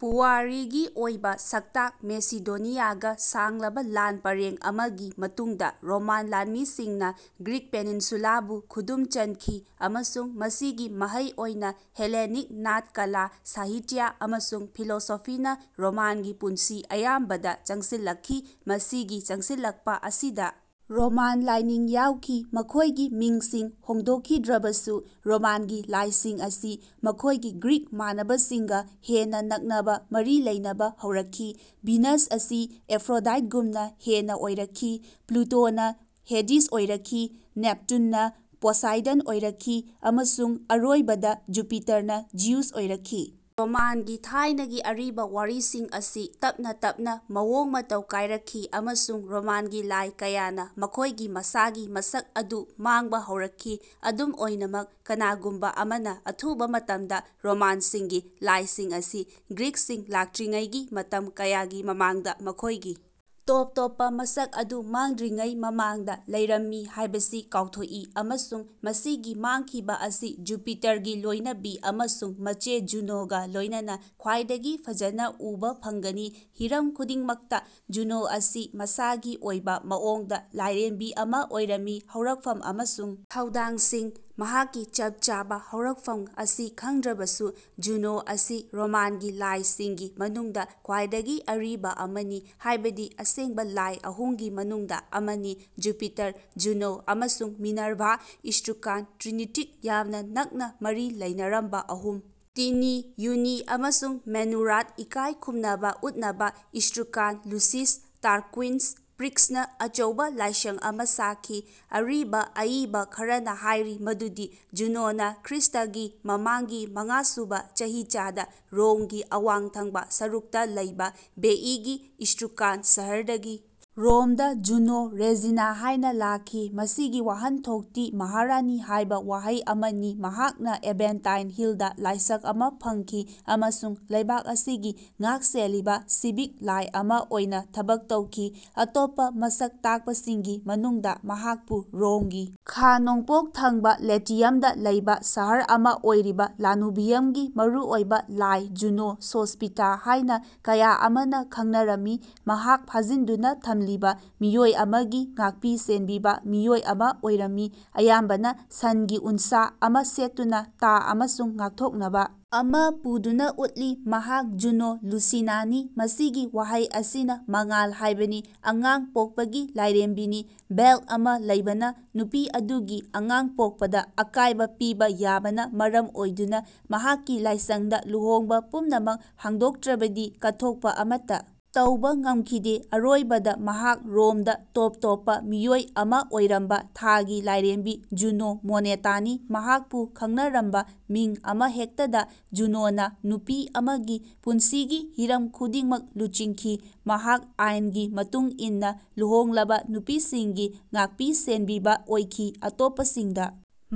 ꯄꯨꯋꯥꯔꯤꯒꯤ ꯑꯣꯏꯕ ꯁꯛꯇꯥꯛ ꯃꯦꯁꯤꯗꯣꯅꯤꯌꯥꯒ ꯁꯥꯡꯂꯕ ꯂꯥꯟ ꯄꯔꯦꯡ ꯑꯃꯒꯤ ꯃꯇꯨꯡꯗ ꯔꯣꯃꯥꯟ ꯂꯥꯟꯃꯤꯁꯤꯡꯅ ꯒ꯭ꯔꯤꯛ ꯄꯦꯅꯤꯟꯁꯨꯂꯥꯕꯨ ꯈꯨꯗꯨꯝ ꯆꯟꯈꯤ, ꯑꯃꯁꯨꯡ ꯃꯁꯤꯒꯤ ꯃꯍꯩ ꯑꯣꯏꯅ ꯍꯦꯂꯦꯅꯤꯛ ꯅꯥꯠ ꯀꯂꯥ, ꯁꯥꯍꯤꯇ꯭ꯌ ꯥ ꯑꯃꯁꯨꯡ ꯐꯤꯂꯣꯁꯣꯐꯤꯅ ꯔꯣꯃꯥꯟꯒꯤ ꯄꯨꯟꯁꯤ ꯑꯌꯥꯝꯕꯗ ꯆꯪꯁꯤꯜꯂꯛꯈꯤ꯫ ꯃꯁꯤꯒꯤ ꯆꯪꯁꯤꯜꯂꯛꯄ ꯑꯁꯤꯗ ꯔꯣꯃꯥꯟ ꯂꯥꯏꯅꯤꯡ ꯌꯥꯎꯈꯤ꯫ ꯃꯈꯣꯏꯒꯤ ꯃꯤꯡꯁꯤꯡ ꯍꯣꯡꯗꯣꯛꯈꯤꯗ꯭ꯔꯕꯁꯨ, ꯔꯣꯃꯥꯟꯒꯤ ꯂꯥꯏꯁꯤꯡ ꯑꯁꯤ ꯃꯈꯣꯏꯒꯤ ꯒ꯭ꯔꯤꯛ ꯃꯥꯟꯅꯕꯁꯤꯡꯒ ꯍꯦꯟꯅ ꯅꯛꯅꯕ ꯃꯔꯤ ꯂꯩꯅꯕ ꯍꯧꯔꯛꯈꯤ꯫ ꯚꯤꯅꯁ ꯑꯁꯤ ꯑꯦꯐ꯭ꯔꯣꯗꯥꯏꯠꯒꯨꯝꯅ ꯍꯦꯟꯅ ꯑꯣꯏꯔꯛꯈꯤ, ꯄ꯭ꯂꯨꯇꯣꯅ ꯍꯦꯗꯤꯁ ꯑꯣꯏꯔꯛꯈꯤ, ꯅꯦꯞꯇꯨꯟꯅ ꯄꯣꯁꯥꯏꯗꯟ ꯑꯣꯏꯔꯛꯈꯤ, ꯑꯃꯁꯨꯡ ꯑꯔꯣꯏꯕꯗ, ꯖꯨꯄꯤꯇꯔꯅ ꯖꯤꯎꯁ ꯑꯣꯏꯔꯛꯈꯤ꯫ ꯔꯣꯃꯥꯟꯒꯤ ꯊꯥꯏꯅꯒꯤ ꯑꯔꯤꯕ ꯋꯥꯔꯤꯁꯤꯡ ꯑꯁꯤ ꯇꯞꯅ-ꯇꯞꯅ ꯃꯋꯣꯡ-ꯃꯇꯧ ꯀꯥꯏꯔꯛꯈꯤ, ꯑꯃꯁꯨꯡ ꯔꯣꯃꯥꯟꯒꯤ ꯂꯥꯏ ꯀꯌꯥꯅ ꯃꯈꯣꯏꯒꯤ ꯃꯁꯥꯒꯤ ꯃꯁꯛ ꯑꯗꯨ ꯃꯥꯡꯕ ꯍꯧꯔꯛꯈꯤ꯫ ꯑꯗꯨꯝ ꯑꯣꯏꯅꯃꯛ, ꯀꯅꯥꯒꯨꯝꯕ ꯑꯃꯅ ꯑꯊꯨꯕ ꯃꯇꯝꯗ ꯔꯣꯃꯥꯟꯁꯤꯡꯒꯤ ꯂꯥꯏꯁꯤꯡ ꯑꯁꯤ ꯒ꯭ꯔꯤꯛꯁꯤꯡ ꯂꯥꯛꯇ꯭ꯔꯤꯉꯩꯒꯤ ꯃꯇꯝ ꯀꯌꯥꯒꯤ ꯃꯃꯥꯡꯗ, ꯃꯈꯣꯏꯒꯤ ꯇꯣꯞ-ꯇꯣꯞꯄ ꯃꯁꯛ ꯑꯗꯨ ꯃꯥꯡꯗ꯭ꯔꯤꯉꯩ ꯃꯃꯥꯡꯗ ꯂꯩꯔꯝꯃꯤ ꯍꯥꯏꯕꯁꯤ ꯀꯥꯎꯊꯣꯛꯏ꯫ ꯑꯃꯁꯨꯡ ꯃꯁꯤꯒꯤ ꯃꯥꯡꯈꯤꯕ ꯑꯁꯤ ꯖꯨꯄꯤꯇꯔꯒꯤ ꯂꯣꯏꯅꯕꯤ ꯑꯃꯁꯨꯡ ꯃꯆꯦ ꯖꯨꯅꯣꯒ ꯂꯣꯏꯅꯅ ꯈ꯭ꯋꯥꯏꯗꯒꯤ ꯐꯖꯅ ꯎꯕ ꯐꯪꯒꯅꯤ꯫ꯍꯤꯔꯝ ꯈꯨꯗꯤꯡꯃꯛꯇ, ꯖꯨꯅꯣ ꯑꯁꯤ ꯃꯁꯥꯒꯤ ꯑꯣꯏꯕ ꯃꯑꯣꯡꯗ ꯂꯥꯏꯔꯦꯝꯕꯤ ꯑꯃ ꯑꯣꯏꯔꯝꯃꯤ꯫ ꯍꯧꯔꯛꯐꯝ ꯑꯃꯁꯨꯡ ꯊꯧꯗꯥꯡꯁꯤꯡ ꯃꯍꯥꯛꯀꯤ ꯆꯞ ꯆꯥꯕ ꯍꯧꯔꯛꯐꯝ ꯑꯁꯤ ꯈꯪꯗ꯭ꯔꯕꯁꯨ, ꯖꯨꯅꯣ ꯑꯁꯤ ꯔꯣꯃꯥꯟꯒꯤ ꯂꯥꯏꯁꯤꯡꯒꯤ ꯃꯅꯨꯡꯗ ꯈ꯭ꯋꯥꯏꯗꯒꯤ ꯑꯔꯤꯕ ꯑꯃꯅꯤ, ꯍꯥꯏꯕꯗꯤ ꯑꯁꯦꯡꯕ ꯂꯥꯏ ꯑꯍꯨꯝꯒꯤ ꯃꯅꯨꯡꯗ ꯑꯃꯅꯤ ꯖꯨꯄꯤꯇꯔ, ꯖꯨꯅꯣ ꯑꯃꯁꯨꯡ ꯃꯤꯅꯔꯚꯥ ꯫ ꯏꯁꯇ꯭ꯔꯨꯀꯥꯟ ꯇ꯭ꯔꯤꯅꯤꯇꯤꯛ ꯌꯥꯝꯅ ꯅꯛꯅ ꯃꯔꯤ ꯂꯩꯅꯔꯝꯕ ꯑꯍꯨꯝ: ꯇꯤꯅꯤ, ꯌꯨꯅꯤ, ꯑꯃꯁꯨꯡ ꯃꯦꯅꯨꯔꯥꯠ ꯏꯀꯥꯏ ꯈꯨꯝꯅꯕ ꯎꯠꯅꯕ ꯏꯁꯇ꯭ꯔꯨꯀꯥꯟ ꯂꯨꯁꯤꯁ ꯇꯥꯔꯀ꯭ꯋꯤꯟꯁ ꯄ꯭ꯔꯤꯛꯁꯅ ꯑꯆꯧꯕ ꯂꯥꯏꯁꯪ ꯑꯃ ꯁꯥꯈꯤ꯫ ꯑꯔꯤꯕ ꯑꯏꯕ ꯈꯔꯅ ꯍꯥꯏꯔꯤ ꯃꯗꯨꯗꯤ ꯖꯨꯅꯣꯅ ꯈ꯭ꯔꯤꯁꯇꯥꯒꯤ ꯃꯃꯥꯡꯒꯤ ꯃꯉꯥꯁꯨꯕ ꯆꯍꯤꯆꯥꯗ ꯔꯣꯝꯒꯤ ꯑꯋꯥꯡ ꯊꯪꯕ ꯁꯔꯨꯛꯇ ꯂꯩꯕ ꯚꯦꯏꯒꯤ ꯏꯁꯇ꯭ꯔꯨꯀꯥꯟ ꯁꯍꯔꯗꯒꯤ ꯔꯣꯝꯗ ꯖꯨꯅꯣ ꯔꯦꯖꯤꯅꯥ ꯍꯥꯏꯅ ꯂꯥꯛꯈꯤ, ꯃꯁꯤꯒꯤ ꯋꯥꯍꯟꯊꯣꯛꯇꯤ ꯃꯍꯥꯔꯥꯅꯤ ꯍꯥꯏꯕ ꯋꯥꯍꯩ ꯑꯃꯅꯤ꯫ ꯃꯍꯥꯛꯅ ꯑꯦꯚꯦꯟꯇꯥꯏꯟ ꯍꯤꯜꯗ ꯂꯥꯏꯁꯪ ꯑꯃ ꯐꯪꯈꯤ ꯑꯃꯁꯨꯡ ꯂꯩꯕꯥꯛ ꯑꯁꯤꯒꯤ ꯉꯥꯛꯁꯦꯜꯂꯤꯕ, ꯁꯤꯚꯤꯛ ꯂꯥꯏ ꯑꯃ ꯑꯣꯏꯅ ꯊꯕꯛ ꯇꯧꯈꯤ꯫ ꯑꯇꯣꯞꯄ ꯃꯁꯛ ꯇꯥꯛꯄꯁꯤꯡꯒꯤ ꯃꯅꯨꯡꯗ, ꯃꯍꯥꯛꯄꯨ ꯔꯣꯝꯒꯤ ꯈꯥ-ꯅꯣꯡꯄꯣꯛ ꯊꯪꯕ ꯂꯦꯇꯤꯌꯝꯗ ꯂꯩꯕ ꯁꯍꯔ ꯑꯃ ꯑꯣꯏꯔꯤꯕ ꯂꯥꯅꯨꯚꯤꯌꯝꯒꯤ ꯃꯔꯨꯑꯣꯏꯕ ꯂꯥꯏ ꯖꯨꯅꯣ ꯁꯣꯁ꯭ꯄꯤꯇꯥ ꯍꯥꯏꯅ ꯀꯌꯥ ꯑꯃꯅ ꯈꯪꯅꯔꯝꯃꯤ꯫ ꯃꯍꯥꯛ ꯐꯥꯖꯤꯟꯗꯨꯅ ꯊꯝꯂꯤꯕ ꯃꯤꯑꯣꯏ ꯑꯃꯒꯤ ꯉꯥꯛꯄꯤ-ꯁꯦꯟꯕꯤꯕ ꯃꯤꯑꯣꯏ ꯑꯃ ꯑꯣꯏꯔꯝꯃꯤ, ꯑꯌꯥꯝꯕꯅ ꯁꯟꯒꯤ ꯎꯟꯁꯥ ꯑꯃ ꯁꯦꯠꯇꯨꯅ, ꯇꯥ ꯑꯃꯁꯨꯡ ꯉꯥꯛꯊꯣꯛꯅꯕ ꯑꯃ ꯄꯨꯗꯨꯅ ꯎꯠꯂꯤ꯫ ꯃꯍꯥꯛ ꯖꯨꯅꯣ ꯂꯨꯁꯤꯅꯥꯅꯤ, ꯃꯁꯤꯒꯤ ꯋꯥꯍꯩ ꯑꯁꯤꯅ ꯃꯉꯥꯜ ꯍꯥꯏꯕꯅꯤ, ꯑꯉꯥꯡ ꯄꯣꯛꯄꯒꯤ ꯂꯥꯏꯔꯦꯝꯕꯤꯅꯤ꯫ ꯕꯦꯜꯠ ꯑꯃ ꯂꯩꯕꯅ ꯅꯨꯄꯤ ꯑꯗꯨꯒꯤ ꯑꯉꯥꯡ ꯄꯣꯛꯄꯗ ꯑꯀꯥꯏꯕ ꯄꯤꯕ ꯌꯥꯕꯅ ꯃꯔꯝ ꯑꯣꯏꯗꯨꯅ ꯃꯍꯥꯛꯀꯤ ꯂꯥꯏꯁꯪꯗ ꯂꯨꯍꯣꯡꯕ ꯄꯨꯝꯅꯃꯛ ꯍꯥꯡꯗꯣꯛꯇ꯭ꯔꯕꯗꯤ ꯀꯠꯊꯣꯛꯄ ꯑꯃꯠꯇ ꯇꯧꯕ ꯉꯝꯈꯤꯗꯦ꯫ ꯑꯔꯣꯏꯕꯗ, ꯃꯍꯥꯛ ꯔꯣꯝꯗ ꯇꯣꯞ-ꯇꯣꯞꯄ ꯃꯤꯑꯣꯏ ꯑꯃ ꯑꯣꯏꯔꯝꯕ ꯊꯥꯒꯤ ꯂꯥꯏꯔꯦꯝꯕꯤ ꯖꯨꯅꯣ ꯃꯣꯅꯦꯇꯥꯅꯤ꯫ ꯃꯍꯥꯛꯄꯨ ꯈꯪꯅꯔꯝꯕ ꯃꯤꯡ ꯑꯃꯍꯦꯛꯇꯗ ꯖꯨꯅꯣꯅ ꯅꯨꯄꯤ ꯑꯃꯒꯤ ꯄꯨꯟꯁꯤꯒꯤ ꯍꯤꯔꯝ ꯈꯨꯗꯤꯡꯃꯛ ꯂꯨꯆꯤꯡꯈꯤ꯫ ꯃꯍꯥꯛ ꯑꯥꯏꯟꯒꯤ ꯃꯇꯨꯡ ꯏꯟꯅ ꯂꯨꯍꯣꯡꯂꯕ ꯅꯨꯄꯤꯁꯤꯡꯒꯤ ꯉꯥꯛꯄꯤ-ꯁꯦꯟꯕꯤꯕ ꯑꯣꯏꯈꯤ꯫ ꯑꯇꯣꯞꯄꯁꯤꯡꯗ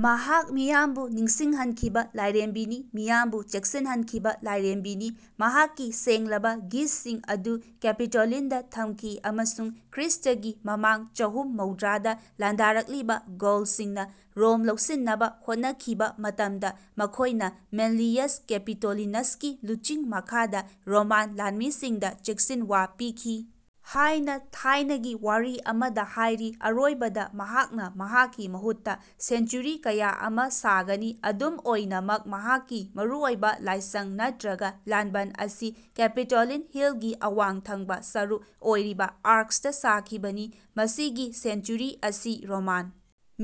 ꯃꯍꯥꯛ ꯃꯤꯌꯥꯝꯕꯨ ꯅꯤꯡꯁꯤꯡꯍꯟꯈꯤꯕ ꯂꯥꯏꯔꯦꯝꯕꯤꯅꯤ, ꯃꯤꯌꯥꯝꯕꯨ ꯆꯦꯛꯁꯤꯟꯍꯟꯈꯤꯕ ꯂꯥꯏꯔꯦꯝꯕꯤꯅꯤ꯫ ꯃꯍꯥꯛꯀꯤ ꯁꯦꯡꯂꯕ ꯒꯤꯖꯁꯤꯡ ꯑꯗꯨ ꯀꯦꯄꯤꯇꯣꯂꯤꯟꯗ ꯊꯝꯈꯤ ꯑꯃꯁꯨꯡ ꯈ꯭ꯔꯤꯁꯇꯒꯤ ꯃꯃꯥꯡ ꯆꯍꯨꯝ ꯃꯧꯗ꯭ꯔꯥꯗ ꯂꯥꯟꯗꯥꯔꯛꯂꯤꯕ ꯒꯧꯜꯁꯤꯡꯅ ꯔꯣꯝ ꯂꯧꯁꯤꯟꯅꯕ ꯍꯣꯠꯅꯈꯤꯕ ꯃꯇꯝꯗ ꯃꯈꯣꯏꯅ ꯃꯦꯟꯂꯤꯌꯁ ꯀꯦꯄꯤꯇꯣꯂꯤꯅꯁꯀꯤ ꯂꯨꯆꯤꯡ ꯃꯈꯥꯗ ꯔꯣꯃꯥꯟ ꯂꯥꯟꯃꯤꯁꯤꯡꯗ ꯆꯦꯛꯁꯤꯟꯋꯥ ꯄꯤꯈꯤ ꯍꯥꯏꯅ ꯊꯥꯏꯅꯒꯤ ꯋꯥꯔꯤ ꯑꯃꯗ ꯍꯥꯏꯔꯤ꯫ ꯑꯔꯣꯏꯕꯗ, ꯃꯍꯥꯛꯅ ꯃꯍꯥꯛꯀꯤ ꯃꯍꯨꯠꯇ ꯁꯦꯟꯆꯨꯔꯤ ꯀꯌꯥ ꯑꯃ ꯁꯥꯒꯅꯤ꯫ ꯑꯗꯨꯝ ꯑꯣꯏꯅꯃꯛ, ꯃꯍꯥꯛꯀꯤ ꯃꯔꯨꯑꯣꯏꯕ ꯂꯥꯏꯁꯪ ꯅꯠꯇ꯭ꯔꯒ ꯂꯥꯟꯕꯟ ꯑꯁꯤ ꯀꯦꯄꯤꯇꯣꯂꯤꯟ ꯍꯤꯜꯒꯤ ꯑꯋꯥꯡ ꯊꯪꯕ ꯁꯔꯨꯛ ꯑꯣꯏꯔꯤꯕ ꯑꯥꯔꯛꯁꯇ ꯁꯥꯈꯤꯕꯅꯤ꯫ ꯃꯁꯤꯒꯤ ꯁꯦꯟꯆꯨꯔꯤ ꯑꯁꯤ ꯔꯣꯃꯥꯟ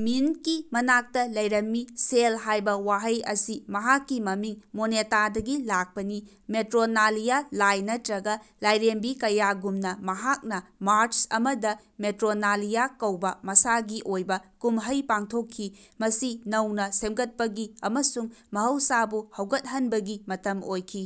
ꯃꯤꯟꯠꯀꯤ ꯃꯅꯥꯛꯇ ꯂꯩꯔꯝꯃꯤ; ꯁꯦꯜ ꯍꯥꯏꯕ ꯋꯥꯍꯩ ꯑꯁꯤ ꯃꯍꯥꯛꯀꯤ ꯃꯃꯤꯡ ꯃꯣꯅꯦꯇꯥꯗꯒꯤ ꯂꯥꯛꯄꯅꯤ꯫ ꯃꯦꯇ꯭ꯔꯣꯅꯥꯂꯤꯌꯥ ꯂꯥꯏ ꯅꯠꯇ꯭ꯔꯒ ꯂꯥꯏꯔꯦꯝꯕꯤ ꯀꯌꯥꯒꯨꯝꯅ, ꯃꯍꯥꯛꯅ ꯃꯥꯔꯆ ꯑꯃꯗ ꯃꯦꯇ꯭ꯔꯣꯅꯥꯂꯤꯌꯥ ꯀꯧꯕ ꯃꯁꯥꯒꯤ ꯑꯣꯏꯕ ꯀꯨꯝꯍꯩ ꯄꯥꯡꯊꯣꯛꯈꯤ, ꯃꯁꯤ ꯅꯧꯅ ꯁꯦꯝꯒꯠꯄꯒꯤ ꯑꯃꯁꯨꯡ ꯃꯍꯧꯁꯥꯕꯨ ꯍꯧꯒꯠꯍꯟꯕꯒꯤ ꯃꯇꯝ ꯑꯣꯏꯈꯤ꯫